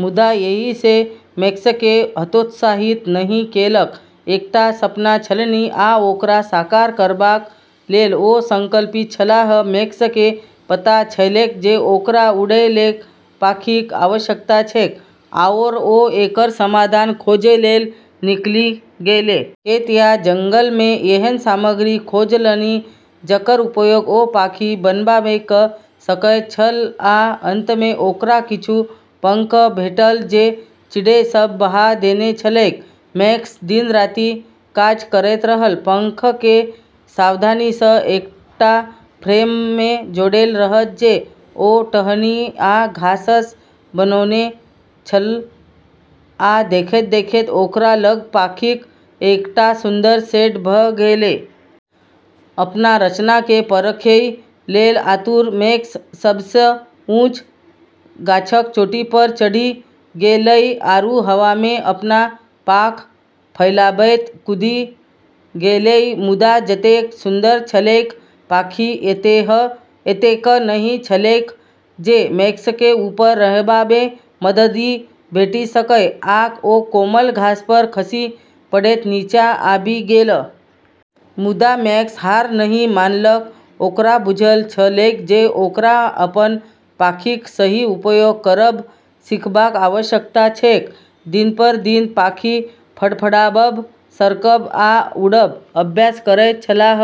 मुदा एहिसँ मैक्सकेँ हतोत्साहित नहि केलक। एकटा सपना छलनि, आ ओकरा साकार करबाक लेल ओ संकल्पित छलाह। मैक्सकेँ पता छलैक जे ओकरा उड़ै लेल पाँखिक आवश्यकता छैक, आओर ओ एकर समाधान खोजै लेल निकलि गेलै। खेत आ जंगलमे एहन सामग्री खोजलनि जकर उपयोग ओ पाँखि बनेबामे कऽ सकैत छल, आ अंतमे, ओकरा किछु पंख भेटल जे चिड़ै सभ बहा देने छलैक। मैक्स दिन-राति काज करैत रहल, पंखकेँ सावधानीसँ एकटा फ्रेममे जोड़ैत रहल जे ओ टहनी आ घाससँ बनौने छल, आ देखैत-देखैत, ओकरा लग पाँखिक एकटा सुन्दर सेट भऽ गेलै। अपन रचनाकेँ परखै लेल आतुर मैक्स सबसँ ऊँच गाछक चोटीपर चढ़ि गेलै आरू हवामे अपन पाँख फैलाबैत कूदि गेलै। मुदा जतेक सुन्दर छलैक, पाँखि एतेक नहि छलैक जे मैक्सकेँ ऊपर रहबामे मददि भेटि सकए, आ ओ कोमल घासपर खसि पड़ैत नीचाँ आबि गेल। मुदा मैक्स हार नहि मानलक। ओकरा बुझल छलैक जे ओकरा अपन पाँखिक सही उपयोग करब सीखबाक आवश्यकता छैक। दिन पर दिन पाँखि फड़फड़ाबब, सरकब आ उड़ब अभ्यास करैत छलाह।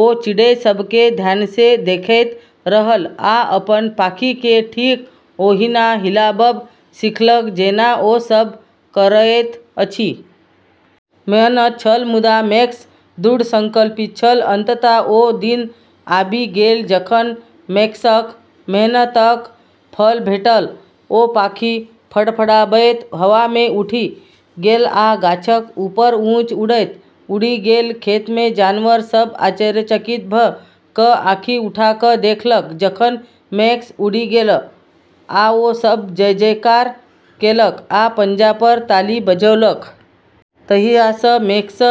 ओ चिड़ै सभकेँ ध्यानसँ देखैत रहल आ अपन पाँखिकेँ ठीक ओहिना हिलाबब सीखलक जेना ओ सभ करैत अछि। मेहनत छल, मुदा मैक्स दृढ़ संकल्पित छल। अंततः ओ दिन आबि गेल जखन मैक्सक मेहनतक फल भेटल। ओ पाँखि फड़फड़ाबैत हवामे उठि गेल आ गाछक ऊपर ऊँच उड़ैत उड़ि गेल। खेतमे जानवर सभ आश्चर्यचकित भऽ कऽ आँखि उठा कऽ देखलक जखन मैक्स उड़ि गेल, आ ओ सभ जय-जयकार केलक आ पंजापर ताली बजौलक। तहियासँ मैक्स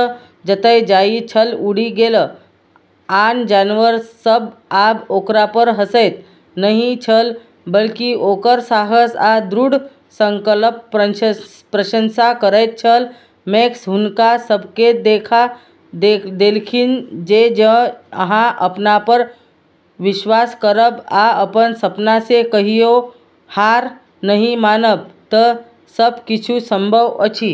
जतय जाइत छल उड़ि गेल। आन जानवर सभ आब ओकरापर हँसैत नहि छल, बल्कि ओकर साहस आ दृढ़ संकल्पक प्रशंसा करैत छल। मैक्स हुनका सभकेँ देखा देलखिन जे जँ अहाँ अपनापर विश्वास करब आ अपन सपनासँ कहियो हार नहि मानब तऽ सब किछु संभव अछि।